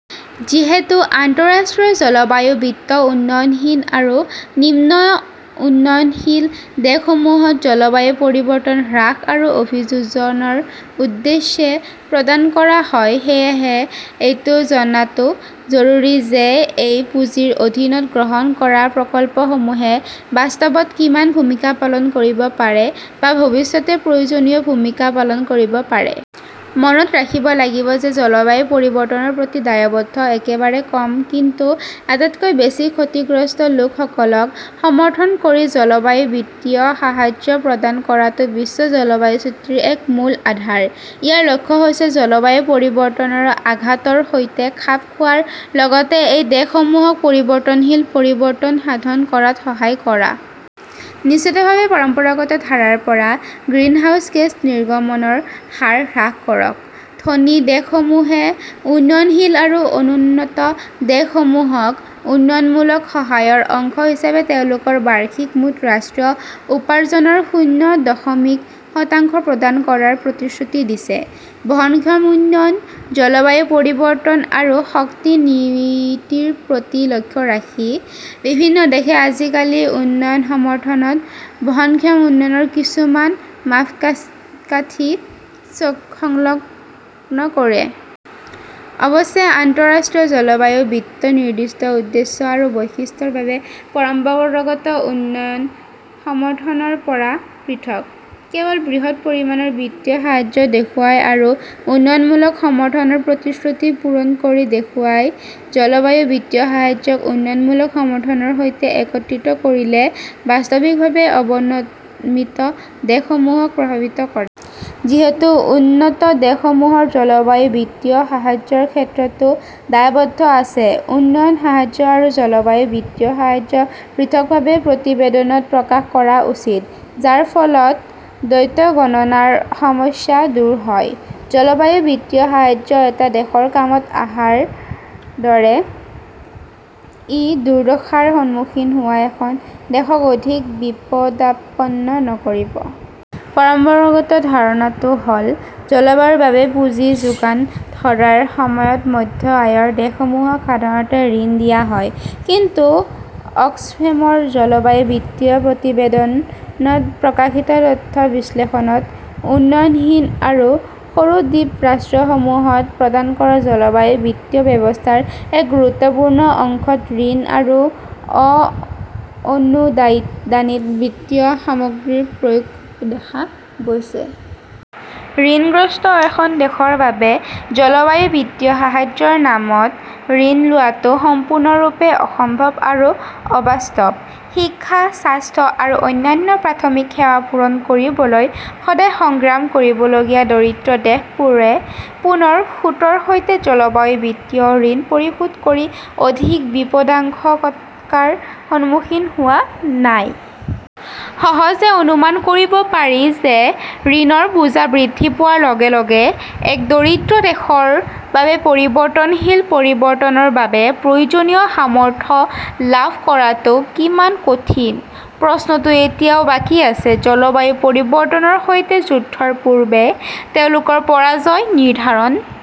যিহেতু আন্তঃৰাষ্ট্ৰীয় জলবায়ু বিত্ত উন্নয়নহীন আৰু নিম্ন উন্নয়নশীল দেশসমূহত জলবায়ু পৰিৱৰ্তন হ্ৰাস আৰু অভিযোজনৰ উদ্দেশ্যে প্ৰদান কৰা হয়, সেয়েহে এইটো জনাটো জৰুৰী যে এই পুঁজিৰ অধীনত গ্ৰহণ কৰা প্ৰকল্পসমূহে বাস্তৱত কিমান ভূমিকা পালন কৰিব পাৰে বা ভৱিষ্যতে প্ৰয়োজনীয় ভূমিকা পালন কৰিব পাৰে। মনত ৰাখিব লাগিব যে জলবায়ু পৰিৱৰ্তনৰ প্ৰতি দায়বদ্ধতা একেবাৰে কম কিন্তু আটাইতকৈ বেছি ক্ষতিগ্ৰস্ত লোকসকলক সমৰ্থন কৰি জলবায়ু বিত্তীয় সাহায্য প্ৰদান কৰাটো বিশ্ব জলবায়ু চুক্তিৰ এক মূল আধাৰ। ইয়াৰ লক্ষ্য হৈছে জলবায়ু পৰিৱৰ্তনৰ আঘাতৰ সৈতে খাপ খোৱাৰ লগতে এই দেশসমূহক পৰিৱৰ্তনশীল পৰিৱৰ্তন সাধন কৰাত সহায় কৰা। নিশ্চিতভাৱে পৰম্পৰাগত ধাৰাৰ পৰা গ্ৰিনহাউজ গেছ নিৰ্গমনৰ হাৰ হ্ৰাস কৰক। ধনী দেশসমূহে উন্নয়নশীল আৰু অনুন্নত দেশসমূহক উন্নয়নমূলক সহায়ৰ অংশ হিচাপে তেওঁলোকৰ বাৰ্ষিক মুঠ ৰাষ্ট্ৰীয় উপাৰ্জনৰ শূন্য দশমিক শতাংশ প্ৰদান কৰাৰ প্ৰতিশ্ৰুতি দিছে। বহনক্ষম উন্নয়ন, জলবায়ু পৰিৱৰ্তন আৰু শক্তি নীতিৰ প্ৰতি লক্ষ্য ৰাখি বিভিন্ন দেশে আজিকালি উন্নয়ন সমৰ্থনত বহনক্ষম উন্নয়নৰ কিছুমান মাপকাঠি ূচক সংলগ্ন কৰে। অৱশ্যে, আন্তঃৰাষ্ট্ৰীয় জলবায়ু বিত্ত নিৰ্দিষ্ট উদ্দেশ্য আৰু বৈশিষ্ট্যৰ বাবে পৰম্পৰাগত উন্নয়ন সমৰ্থনৰ পৰা পৃথক। কেৱল বৃহৎ পৰিমাণৰ বিত্তীয় সাহায্য দেখুৱাই আৰু উন্নয়নমূলক সমৰ্থনৰ প্ৰতিশ্ৰুতি পূৰণ কৰি দেখুৱাই, জলবায়ু বিত্তীয় সাহায্যক উন্নয়নমূলক সমৰ্থনৰ সৈতে একত্ৰিত কৰিলে বাস্তৱিকভাৱে অৱনমিত দেশসমূহক প্ৰভাৱিত কৰে। যিহেতু উন্নত দেশসমূহৰ জলবায়ু বিত্তীয় সাহায্যৰ ক্ষেত্ৰতো দায়বদ্ধতা আছে; উন্নয়ন সাহায্য আৰু জলবায়ু বিত্তীয় সাহায্য পৃথকভাৱে প্ৰতিবেদনত প্ৰকাশ কৰা উচিত, যাৰ ফলত দ্বৈত গণনাৰ সমস্যা দূৰ হয়। জলবায়ু বিত্তীয় সাহায্য এটা দেশৰ কামত অহাৰ দৰে, ই দুৰ্দশাৰ সন্মুখীন হোৱা এখন দেশক অধিক বিপদাপন্ন নকৰিব। পৰম্পৰাগত ধাৰণাটো হ 'ল জলবায়ুৰ বাবে পুঁজি যোগান ধৰাৰ সময়ত মধ্য-আয়ৰ দেশসমূহক সাধাৰণতে' ঋণ "দিয়া হয়। কিন্তু অক্সফেমৰ 'জলবায়ু বিত্তীয় প্ৰতিবেদন ' ত প্ৰকাশিত তথ্য বিশ্লেষণত, উন্নয়নহীন আৰু সৰু দ্বীপ ৰাষ্ট্ৰসমূহত প্ৰদান কৰা জলবায়ু বিত্তীয় ব্যৱস্থাৰ এক গুৰুত্বপূৰ্ণ অংশ ত 'ঋণ' আৰু 'অ-অনুদানিত' বিত্তীয় সামগ্ৰীৰ প্ৰয়োগ দেখা গৈছে। ঋণগ্ৰস্ত এখন দেশৰ বাবে জলবায়ু বিত্তীয় সাহায্যৰ নামত ঋণ লোৱাটো সম্পূৰ্ণৰূপে অসম্ভৱ আৰু অবাস্তৱ। শিক্ষা, স্বাস্থ্য আৰু অন্যান্য প্ৰাথমিক সেৱা পূৰণ কৰিবলৈ সদায় সংগ্ৰাম কৰিবলগীয়া দৰিদ্ৰ দেশবোৰে পুনৰ সুতৰ সৈতে জলবায়ু বিত্তীয় ঋণ পৰিশোধ কৰি অধিক বিপদাশংকাৰ সন্মুখীন হোৱা নাই! সহজে অনুমান কৰিব পাৰি যে ঋণৰ বোজা বৃদ্ধি পোৱাৰ লগে লগে এক দৰিদ্ৰ দেশৰ বাবে পৰিৱৰ্তনশীল পৰিৱৰ্তনৰ বাবে প্ৰয়োজনীয় সামৰ্থ্য লাভ কৰাটো কিমান কঠিন। প্ৰশ্নটো এতিয়াও বাকী আছে, জলবায়ু পৰিৱৰ্তনৰ সৈতে যুদ্ধৰ পূৰ্বে তেওঁলোকৰ পৰাজয় নিৰ্ধাৰণ